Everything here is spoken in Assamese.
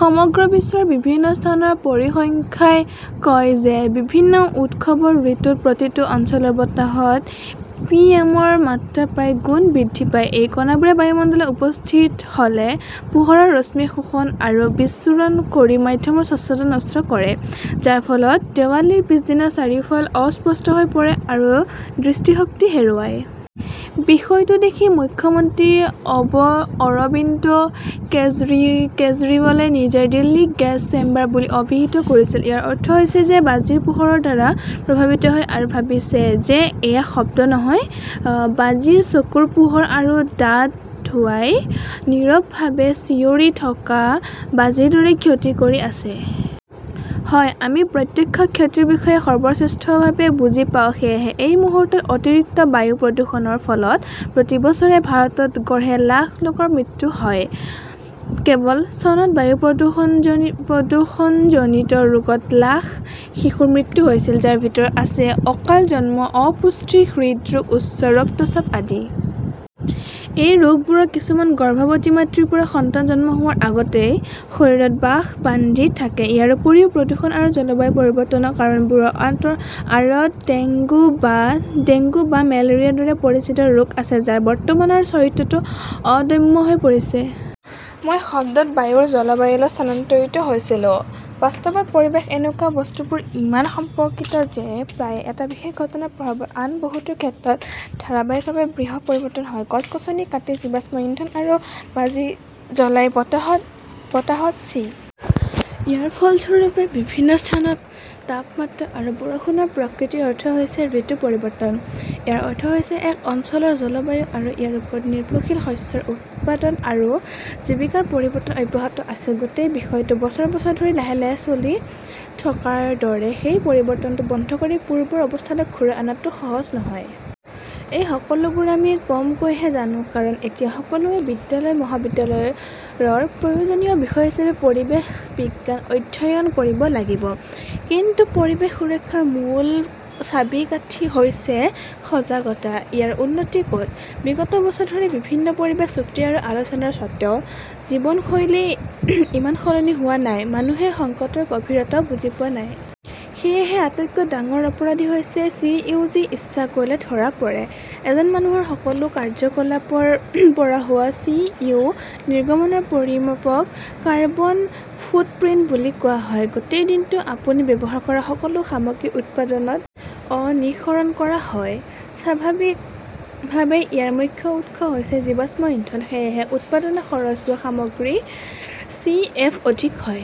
সমগ্ৰ বিশ্বৰ বিভিন্ন স্থানৰ পৰিসংখ্যাই কয় যে বিভিন্ন উৎসৱৰ ঋতুত প্ৰতিটো অঞ্চলৰ বতাহত পিএমৰ মাত্ৰা প্ৰায় গুণ বৃদ্ধি পায়। এই কণাবোৰে বায়ুমণ্ডলত উপস্থিত হ'লে পোহৰৰ ৰশ্মি শোষণ আৰু বিচ্ছুৰ ণ কৰি মাধ্যমৰ স্বচ্ছতা নষ্ট কৰে, যাৰ ফলত দেৱালীৰ পিছদিনা চাৰিওফাল অস্পষ্ট হৈ পৰে আৰু দৃষ্টিশক্তি হেৰুৱায়। বিষয়টো দেখি মুখ্যমন্ত্ৰী অৰবিন্দ কেজৰিৱালে নিজেই দিল্লীক গেছ-চেম্বাৰ বুলি অভিহিত কৰিছিল। ইয়াৰ অৰ্থ হৈছে যে বাজিৰ পোহৰৰ দ্বাৰা প্ৰভাৱিত হৈ আৰু ভাবিছে যে এয়া শব্দ নহয়, বাজিৰ চকুৰ পোহৰ আৰু ডাঠ ধোঁৱাই নীৰৱভাৱে চিঞৰি থকা বাজিৰ দৰে ক্ষতি কৰি আছে। হয়, আমি প্ৰত্যক্ষ ক্ষতিৰ বিষয়ে সৰ্বশ্ৰেষ্ঠভাৱে বুজি পাওঁ, সেয়েহে এই মুহূৰ্তত অতিৰিক্ত বায়ু প্ৰদূষণৰ ফলত প্ৰতি বছৰে ভাৰতত গড়ে লাখ লোকৰ মৃত্যু হয়। কেৱল চনত বায়ু প্ৰদূষণজনিত ৰোগত লাখ শিশুৰ মৃত্যু হৈছিল, যাৰ ভিতৰত আছে অকাল জন্ম, অপুষ্টি, হৃদৰোগ, উচ্চ ৰক্তচাপ আদি। এই ৰোগবোৰৰ কিছুমান গৰ্ভৱতী মাতৃৰ পৰা সন্তান জন্ম হোৱাৰ আগতেই শৰীৰত বাস বান্ধি থাকে। ইয়াৰ উপৰিও, প্ৰদূষণ আৰু জলবায়ু পৰিৱৰ্তনৰ কাৰণবোৰৰ আঁৰত ডেংগু বা মেলেৰিয়াৰ দৰে পৰিচিত ৰোগ আছে যাৰ বৰ্তমানৰ চৰিত্ৰটো অদম্য হৈ পৰিছে। মই শব্দত বায়ুৰ পৰা জলবায়ুলৈ স্থানান্তৰিত হৈছিলো। বাস্তৱত পৰিৱেশ এনেকুৱা। বস্তুবোৰ ইমান সম্পৰ্কিত যে প্ৰায়ে এটা বিশেষ ঘটনাৰ প্ৰভাৱত আন বহুতো ক্ষেত্ৰত ধাৰাবাহিকভাৱে বৃহৎ পৰিৱৰ্তন হয়। গছ-গছনি কাটি, জীৱাশ্ম-ইন্ধন আৰু বাজি জ্বলাই বতাহত চি. ইয়াৰ ফলস্বৰূপে বিভিন্ন স্থানত তাপমাত্ৰা আৰু বৰষুণৰ প্ৰকৃতিৰ অৰ্থ হৈছে ঋতু-পৰিৱৰ্তন। ইয়াৰ অৰ্থ হৈছে এক অঞ্চলৰ জলবায়ু আৰু ইয়াৰ ওপৰত নিৰ্ভৰশীল শস্যৰ উৎপাদন আৰু জীৱিকাৰ পৰিৱৰ্তন অব্যাহত আছিল। গোটেই বিষয়টো বছৰ বছৰ ধৰি লাহে লাহে চলি থকাৰ দৰে, সেই পৰিৱৰ্তনটো বন্ধ কৰি পূৰ্বৰ অৱস্থালৈ ঘূৰাই অনাটো সহজ নহয়। এই সকলোবোৰ আমি কমকৈহে জানো কাৰণ এতিয়া সকলোৱে বিদ্যালয়-মহাবিদ্যালয়ৰ প্ৰয়োজনীয় বিষয় হিচাপে পৰিৱেশ বিজ্ঞান অধ্যয়ন কৰিব লাগিব। কিন্তু পৰিৱেশ সুৰক্ষাৰ মূল চাবিকাঠি হৈছে সজাগতা, ইয়াৰ উন্নতি ক'ত? বিগত বছৰ ধৰি বিভিন্ন পৰিৱেশ চুক্তি আৰু আলোচনাৰ স্বত্বেও, জীৱনশৈলী ইমান সলনি হোৱা নাই, মানুহে সংকটৰ গভীৰতাও বুজি পোৱা নাই। সেয়েহে আটাইতকৈ ডাঙৰ অপৰাধী হৈছে চি. ও. যি ইচ্ছা কৰিলে ধৰা পৰে। এজন মানুহৰ সকলো কাৰ্যকলাপৰ পৰা হোৱা সি. ও. নিৰ্গমনৰ পৰিমাপক 'কাৰ্বন ফুটপ্ৰিন্ট' বুলি কোৱা হয়। গোটেই দিনটো আপুনি ব্যৱহাৰ কৰা সকলো সামগ্ৰীৰ উৎপাদনত সি. অ 'নিঃসৰণ কৰা হয়। স্বাভাৱিকভাৱেই ইয়াৰ মুখ্য উৎস হৈছে জীৱাশ্ম ইন্ধন। সেয়েহে উৎপাদনত খৰচ হোৱা সামগ্ৰীৰ চি. এফ. অধিক হয়।